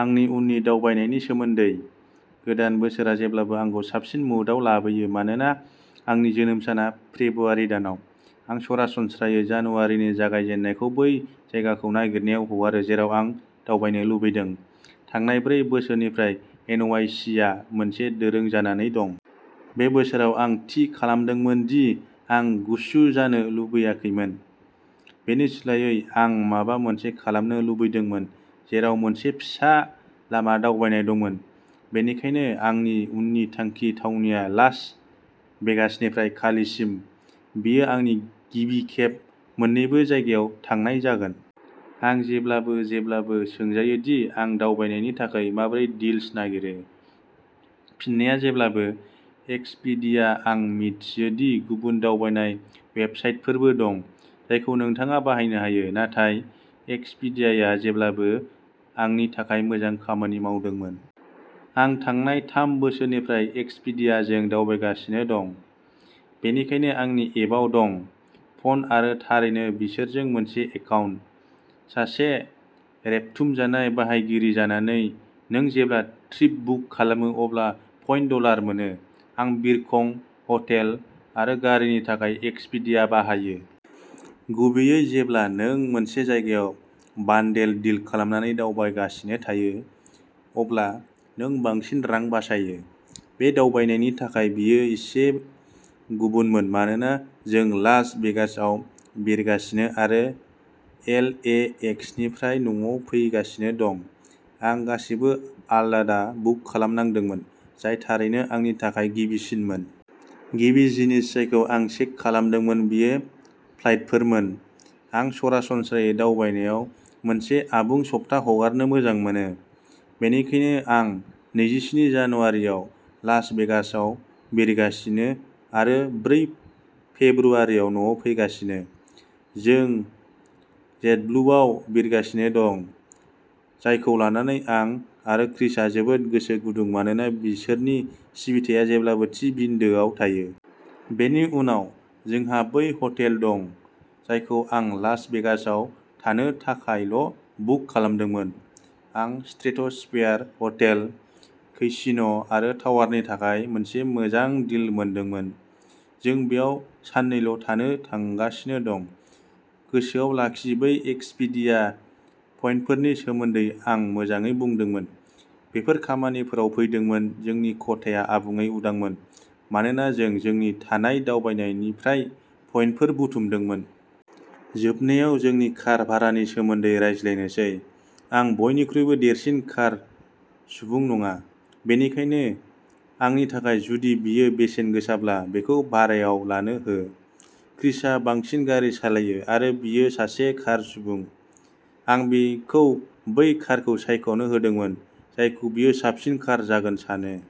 आंनि उननि दावबायनायनि सोमोन्दै। गोदान बोसोरआ जेब्लाबो आंखौ साबसिन मुडआव लाबोयो मानोना आंनि जोनोम साना फेब्रुआरि दानाव। आं सरासनस्रायै जानुवारिनि जागायजेन्नायखौ बै जायगाखौ नागिरनायाव हगारो जेराव आं दावबायनो लुबैदों। थांनाय ब्रै बोसोरनिफ्राय एन वाइ सि आ मोनसे दोरों जानानै दं। बे बोसोराव आं थि खालामदोंमोन दि आं गुसु जानो लुबैयाखैमोन। बेनि सोलायै आं माबा मोनसे खालामनो लुबैदोंमोन जेराव मोनसे फिसा लामा दावबायनाय दंमोन। बेनिखायनो आंनि उननि थांखि थावनिया लास भेगासनिफ्राय कालीसिम, बेयो आंनि गिबि खेब मोन्नैबो जायगायाव थांनाय जागोन। आं जेब्लाबो जेब्लाबो सोंजायो दि आं दावबायनायनि थाखाय माबोरै डील्स नागिरो। फिननाया जेब्लाबो, एक्सपेडिया आं मिथियो दि गुबुन दावबायनाय वेबसाइटफोरबो दं जायखौ नोंथाङा बाहायनो हायो, नाथाय एक्सपेडियाया जेब्लाबो आंनि थाखाय मोजां खामानि मावदोंमोन। आं थांनाय थाम बोसोरनिफ्राय एक्सपेडियाजों दावबायगासिनो दं। बेनिखायनो आंनि एपआव दं। फ'न आरो थारैनो बिसोरजों मोनसे एकाउन्ट। सासे रेबथुमजानाय बाहायगिरि जानानै नों जेब्ला ट्रिप बुक खालामो अब्ला पइन्ट डलार मोनो। आं बिरखं, हटेल आरो गारिनि थाखाय एक्सपेडिया बाहायो। गुबैयै, जेब्ला नों मोनसे जायगायाव बान्डेल डिल खालामनानै दावबायगासिनो थायो, अब्ला नों बांसिन रां बासायो। बे दावबायनायनि थाखाय बेयो एसे गुबुनमोन मानोना जों लास भेगासआव बिरगासिनो आरो एलएएक्सनिफ्राय न'आव फैगासिनो दं। आं गासैबो आलादा बुक खालामनांदोंमोन, जाय थारैनो आंनि थाखाय गिबिसिनमोन। गिबि जिनिस जायखौ आं चेक खालामदोंमोन बेयो फ्लाइटफोरमोन। आं सरासनस्रायै दावबायनायाव मोनसे आबुं सप्ता हगारनो मोजां मोनो। बेनिखायनो आं नैजिस्नि जानुवारिआव लास भेगासआव बिरगासिनो आरो ब्रै फेब्रुआरिआव न'आव फैगासिनो। जों जेटब्लुआव बिरगासिनो दं, जायखौ लानानै आं आरो क्रिसआ जोबोद गोसो गुदुं मानोना बिसोरनि सिबिथाया जेब्लाबो थि बिन्दोआव थायो। बेनि उनाव, जोंहा बै हटेल दं जायखौ आं लास भेगासआव थानो थाखायल'बुक खालामदोंमोन। आं स्ट्रेट'स्फेयर हटेल, केसिन' आरो टावारनि थाखाय मोनसे मोजां डील मोनदोंमोन, जों बेयाव साननैल' थानो थांगासिनो दं। गोसोआव लाखि बै एक्सपेडिया पइन्टफोरनि सोमोन्दै आं मोजाङै बुंदोंमोन, बेफोर खामानियाव फैदोंमोन जोंनि खथाया आबुङै उदांमोन, मानोना जों जोंनि थांनाय दावबायनायनिफ्राय पइन्टफोर बुथुमदोंमोन। जोबनायाव, जोंनि कार भारानि सोमोन्दै रायज्लायनोसै। आं बयनिख्रुइबो देरसिन कार सुबुं नङा, बेनिखायनो आंनि थाखाय जुदि बेयो बेसेन गोसाब्ला बेखौ भारायाव लानो हो। क्रिसआ बांसिन गारि सालायो आरो बियो सासे कार सुबुं। आं बिखौ बै कारखौ सायख'नो होदोंमोन जायखौ बियो साबसिन कार जागोन सानो।